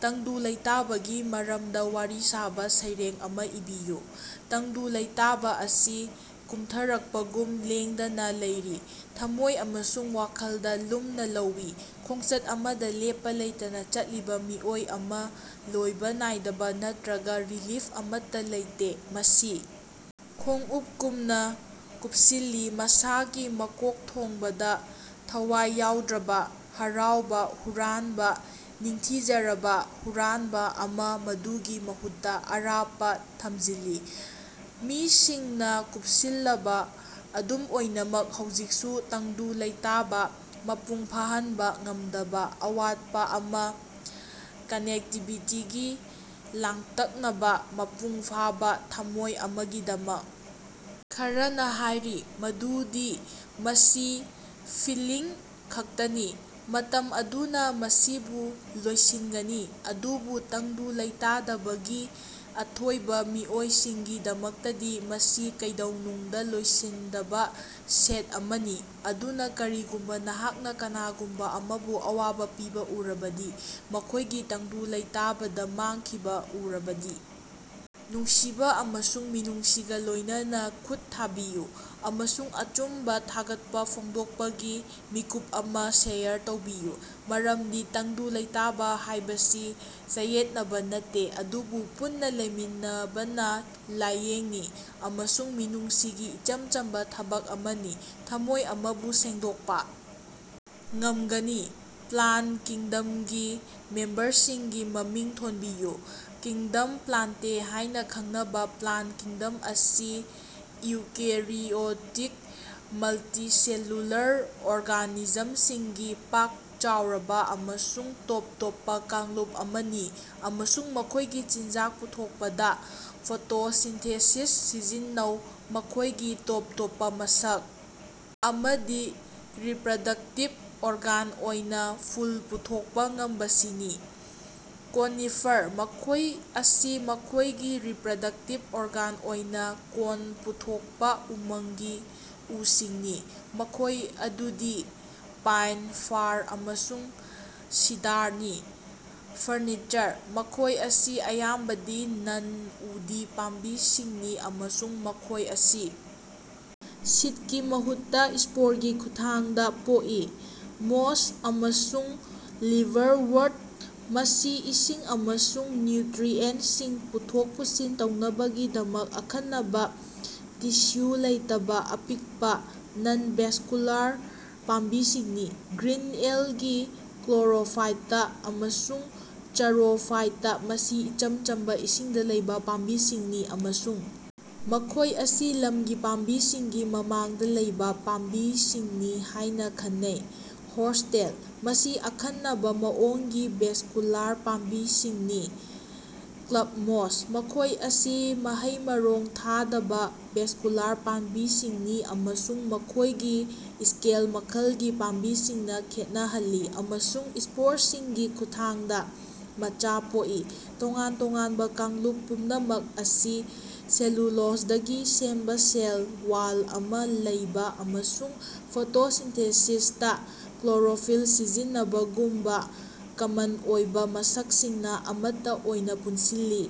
ꯇꯪꯗꯨ ꯂꯩꯇꯥꯕꯒꯤ ꯃꯔꯝꯗ ꯋꯥꯔꯤ ꯁꯥꯕ ꯁꯩꯔꯦꯡ ꯑꯃꯥ ꯏꯕꯤꯌꯨ꯫ ꯇꯪꯗꯨ ꯂꯩꯇꯥꯕ ꯑꯁꯤ ꯀꯨꯝꯊꯔꯛꯄꯒꯨꯝ ꯂꯦꯡꯗꯅꯥ ꯂꯩꯔꯤ, ꯊꯝꯃꯣꯏ ꯑꯃꯁꯨꯡ ꯋꯥꯈꯜꯗ ꯂꯨꯝꯅ ꯂꯧꯏ, ꯈꯣꯡꯆꯠ ꯑꯃꯗ ꯂꯦꯞꯄ ꯂꯩꯇꯅ ꯆꯠꯂꯤꯕ ꯃꯤꯑꯣꯏ ꯑꯃ, ꯂꯣꯏꯕ ꯅꯥꯏꯗꯕ ꯅꯠꯇ꯭ꯔꯒ ꯔꯤꯂꯤꯐ ꯑꯃꯠꯇ ꯂꯩꯇꯦ꯫ ꯃꯁꯤ ꯈꯣꯡꯎꯞꯒꯨꯝꯅ ꯀꯨꯞꯁꯤꯜꯂꯤ, ꯃꯁꯥꯒꯤ ꯃꯀꯣꯛꯊꯣꯡꯕꯗ ꯊꯋꯥꯏ ꯌꯥꯎꯗ꯭ꯔꯕ, ꯍꯔꯥꯎꯕ ꯍꯨꯔꯥꯟꯕ ꯅꯤꯡꯊꯤꯖꯔꯕ ꯍꯨꯔꯥꯟꯕ ꯑꯃ, ꯃꯗꯨꯒꯤ ꯃꯍꯨꯠꯇ ꯑꯔꯥꯞꯄ ꯊꯝꯖꯤꯜꯂꯤ꯫ ꯃꯤꯁꯤꯡꯅ ꯀꯨꯞꯁꯤꯜꯂꯕ, ꯑꯗꯨꯝ ꯑꯣꯏꯅꯃꯛ ꯍꯧꯖꯤꯛꯁꯨ ꯇꯪꯗꯨ ꯂꯩꯇꯥꯕ, ꯃꯄꯨꯡ ꯐꯥꯍꯟꯕ ꯉꯝꯗꯕ ꯑꯋꯥꯠꯄ ꯑꯃꯥ, ꯀꯅꯦꯛꯇꯤꯕꯤꯇꯤꯒꯤ ꯂꯥꯡꯇꯛꯅꯕꯥ, ꯃꯄꯨꯡ ꯐꯥꯕꯥ ꯊꯝꯃꯣꯏ ꯑꯃꯒꯤꯗꯃꯛ꯫ ꯈꯔꯅꯥ ꯍꯥꯏꯔꯤ ꯃꯗꯨꯗꯤ ꯃꯁꯤ ꯐꯤꯜꯂꯤꯡ ꯈꯛꯇꯅꯤ, ꯃꯇꯝ ꯑꯗꯨꯅ ꯃꯁꯤꯕꯨ ꯂꯣꯏꯁꯤꯟꯒꯅꯤ, ꯑꯗꯨꯕꯨ ꯇꯪꯗꯨ ꯂꯩꯇꯥꯗꯕꯒꯤ ꯑꯊꯣꯏꯕ ꯃꯤꯑꯣꯏꯁꯤꯡꯒꯤꯗꯃꯛꯇꯗꯤ ꯃꯁꯤ ꯀꯩꯗꯧꯅꯨꯡꯗ ꯂꯣꯏꯁꯤꯟꯗꯕ ꯁ‌ꯦꯠ ꯑꯃꯅꯤ꯫ ꯑꯗꯨꯅ ꯀꯔꯤꯒꯨꯝꯕ ꯅꯍꯥꯛꯅ ꯀꯅꯥꯒꯨꯝꯕ ꯑꯃꯕꯨ ꯑꯋꯥꯕ ꯄꯤꯕ ꯎꯔꯕꯗꯤ, ꯃꯈꯣꯏꯒꯤ ꯇꯪꯗꯨ ꯂꯩꯇꯥꯕꯗ ꯃꯥꯡꯈꯤꯕ ꯎꯔꯕꯗꯤ, ꯅꯨꯡꯁꯤꯕ ꯑꯃꯁꯨꯡ ꯃꯤꯅꯨꯡꯁꯤꯒ ꯂꯣꯏꯅꯅꯥ ꯈꯨꯠ ꯊꯥꯕꯤꯌꯨ, ꯑꯃꯁꯨꯡ ꯑꯆꯨꯝꯕ ꯊꯥꯒꯠꯄ ꯐꯣꯡꯗꯣꯛꯄꯒꯤ ꯃꯤꯀꯨꯞ ꯑꯃ ꯁꯦꯌꯔ ꯇꯧꯕꯤꯌꯨ꯫ ꯃꯔꯝꯗꯤ ꯇꯪꯗꯨ ꯂꯩꯇꯥꯕ ꯍꯥꯏꯕꯁꯤ ꯆꯌꯦꯠꯅꯕꯥ ꯅꯠꯇꯦ, ꯑꯗꯨꯕꯨ ꯄꯨꯟꯅ ꯂꯩꯃꯤꯟꯅꯕꯅ ꯂꯥꯌꯦꯡꯅꯤ, ꯑꯃꯁꯨꯡ ꯃꯤꯅꯨꯡꯁꯤꯒꯤ ꯏꯆꯝ ꯆꯝꯕ ꯊꯕꯛ ꯑꯃꯅꯤ, ꯊꯝꯃꯣꯏ ꯑꯃꯕꯨ ꯁꯦꯡꯗꯣꯛꯄ ꯉꯝꯒꯅꯤ꯫ ꯄ꯭ꯂꯥꯟ ꯀꯤꯡꯗꯝꯒꯤ ꯃꯦꯝꯕꯔꯁꯤꯡꯒꯤ ꯃꯃꯤꯡ ꯊꯣꯟꯕꯤꯌꯨ꯫ ꯀꯤꯡꯗꯝ ꯄ꯭ꯂꯥꯟꯇꯦ ꯍꯥꯏꯅꯥ ꯈꯪꯅꯕ ꯄ꯭ꯂꯥꯟ ꯀꯤꯡꯗꯝ ꯑꯁꯤ ꯏꯎꯀꯦꯔꯤꯑꯣꯇꯤꯛ, ꯃꯜꯇꯤꯁꯦꯂꯨꯂꯥꯔ ꯑꯣꯔꯒꯥꯅꯤꯖꯝꯁꯤꯡꯒꯤ ꯄꯥꯛ ꯆꯥꯎꯔꯕ ꯑꯃꯁꯨꯡ ꯇꯣꯞ ꯇꯣꯞꯄ ꯀꯥꯡꯂꯨꯞ ꯑꯃꯅꯤ ꯑꯃꯁꯨꯡ ꯃꯈꯣꯏꯒꯤ ꯆꯤꯟꯖꯥꯛ ꯄꯨꯊꯣꯛꯄꯗ ꯐꯣꯇꯣꯁꯤꯟꯊꯦꯁꯤꯁ ꯁꯤꯖꯤꯟꯅꯩ꯫ ꯃꯈꯣꯏꯒꯤ ꯇꯣꯞ ꯇꯣꯞꯄ ꯃꯁꯛ ꯑꯃꯗꯤ ꯔꯤꯄꯔꯗꯛꯇꯤꯚ ꯑꯣꯔꯒꯥꯟ ꯑꯣꯏꯅ ꯐꯨꯜ ꯄꯨꯊꯣꯛꯄ ꯉꯝꯕꯁꯤꯅꯤ꯫ ꯀꯣꯅꯤꯐꯔ: ꯃꯈꯣꯏ ꯑꯁꯤ ꯃꯈꯣꯏꯒꯤ ꯔꯤꯄꯔꯗꯛꯇꯤꯚ ꯑꯣꯔꯒꯥꯟ ꯑꯣꯏꯅ ꯀꯣꯟ ꯄꯨꯊꯣꯛꯄꯥ ꯎꯃꯪꯒꯤ ꯎꯁꯤꯡꯅꯤ, ꯃꯈꯣꯏ ꯑꯗꯨꯗꯤ ꯄꯥꯏꯟ, ꯐꯥꯔ, ꯑꯃꯁꯨꯡ ꯁꯤꯗꯥꯔꯅꯤ꯫ ꯐꯔꯅꯤꯆꯔ: ꯃꯈꯣꯏ ꯑꯁꯤ ꯑꯌꯥꯝꯕꯗꯤ ꯅꯟ-ꯎꯗꯤ ꯄꯥꯝꯕꯤꯁꯤꯡꯅꯤ ꯑꯃꯁꯨꯡ ꯃꯈꯣꯏ ꯑꯁꯤ ꯁꯤꯗꯀꯤ ꯃꯍꯨꯠꯇ, ꯁ꯭ꯄꯣꯔꯒꯤ ꯈꯨꯠꯊꯥꯡꯗ ꯄꯣꯛꯏ꯫ ꯃꯣꯁ ꯑꯃꯁꯨꯡ ꯂꯤꯚꯔꯋꯔꯠ: ꯃꯁꯤ ꯏꯁꯤꯡ ꯑꯃꯁꯨꯡ ꯅ꯭ꯌꯨꯠꯔꯤꯑꯦꯟꯇꯁꯤꯡ ꯄꯨꯊꯣꯛ ꯄꯨꯁꯤꯟ ꯇꯧꯅꯕꯒꯤꯗꯃꯛ ꯑꯈꯟꯅꯕꯥ ꯇꯤꯁ꯭ꯌꯨ ꯂꯩꯇꯕꯥ ꯑꯄꯤꯛꯄꯥ, ꯅꯟ-ꯚꯦꯁꯀꯨꯂꯥꯔ ꯄꯥꯝꯕꯤꯁꯤꯡꯅꯤ꯫ ꯒ꯭ꯔꯤꯟ ꯑꯦꯜꯒꯤ ꯀ꯭ꯂꯣꯔꯣꯐꯥꯏꯇꯥ ꯑꯃꯁꯨꯡ ꯆꯔꯣꯐꯥꯏꯇꯥ ꯃꯁꯤ ꯏꯆꯝ ꯆꯝꯕ, ꯏꯁꯤꯡꯗ ꯂꯩꯕ ꯄꯥꯝꯕꯤꯁꯤꯡꯅꯤ ꯑꯃꯁꯨꯡ ꯃꯈꯣꯏ ꯑꯁꯤ ꯂꯝꯒꯤ ꯄꯥꯝꯕꯤꯁꯤꯡꯒꯤ ꯃꯃꯥꯡꯗ ꯂꯩꯕꯥ ꯄꯥꯝꯕꯤꯁꯤꯡꯅꯤ ꯍꯥꯏꯅ ꯈꯟꯅꯩ꯫ ꯍꯣꯔꯁꯇꯦꯜ: ꯃꯁꯤ ꯑꯈꯟꯅꯕ ꯃꯑꯣꯡꯒꯤ ꯚꯦꯁꯀꯨꯂꯥꯔ ꯄꯥꯝꯕꯤꯁꯤꯡꯅꯤ꯫ ꯀ꯭ꯂꯕꯃꯣꯁ: ꯃꯈꯣꯏ ꯑꯁꯤ ꯃꯍꯩ-ꯃꯔꯣꯡ ꯊꯥꯗꯕ, ꯚꯦꯁꯀꯨꯂꯥꯔ ꯄꯥꯝꯕꯤꯁꯤꯡꯅꯤ ꯑꯃꯁꯨꯡ ꯃꯈꯣꯏꯒꯤ ꯁ꯭ꯀꯦꯜ ꯃꯈꯜꯒꯤ ꯄꯥꯝꯕꯤꯁꯤꯡꯅ ꯈꯦꯠꯅꯍꯜꯂꯤ ꯑꯃꯁꯨꯡ ꯁ꯭ꯄꯣꯔꯁꯤꯡꯒꯤ ꯈꯨꯠꯊꯥꯡꯗ ꯃꯆꯥ ꯄꯣꯛꯏ꯫ ꯇꯣꯉꯥꯟ ꯇꯣꯉꯥꯟꯕ ꯀꯥꯡꯂꯨꯞ ꯄꯨꯝꯅꯃꯛ ꯑꯁꯤ ꯁꯦꯂꯨꯂꯣꯖꯗꯒꯤ ꯁꯦꯝꯕ ꯁꯦꯜ ꯋꯥꯜ ꯑꯃꯥ ꯂꯩꯕ ꯑꯃꯁꯨꯡ ꯐꯣꯇꯣꯁꯤꯟꯊꯦꯁꯤꯁꯇ ꯀ꯭ꯂꯣꯔꯣꯐꯤꯜ ꯁꯤꯖꯤꯟꯅꯕꯒꯨꯝꯕ ꯀꯃꯟ ꯑꯣꯏꯕꯥ ꯃꯁꯛꯁꯤꯡꯅ ꯑꯃꯠꯇ ꯑꯣꯏꯅ ꯄꯨꯟꯁꯤꯜꯂꯤ꯫।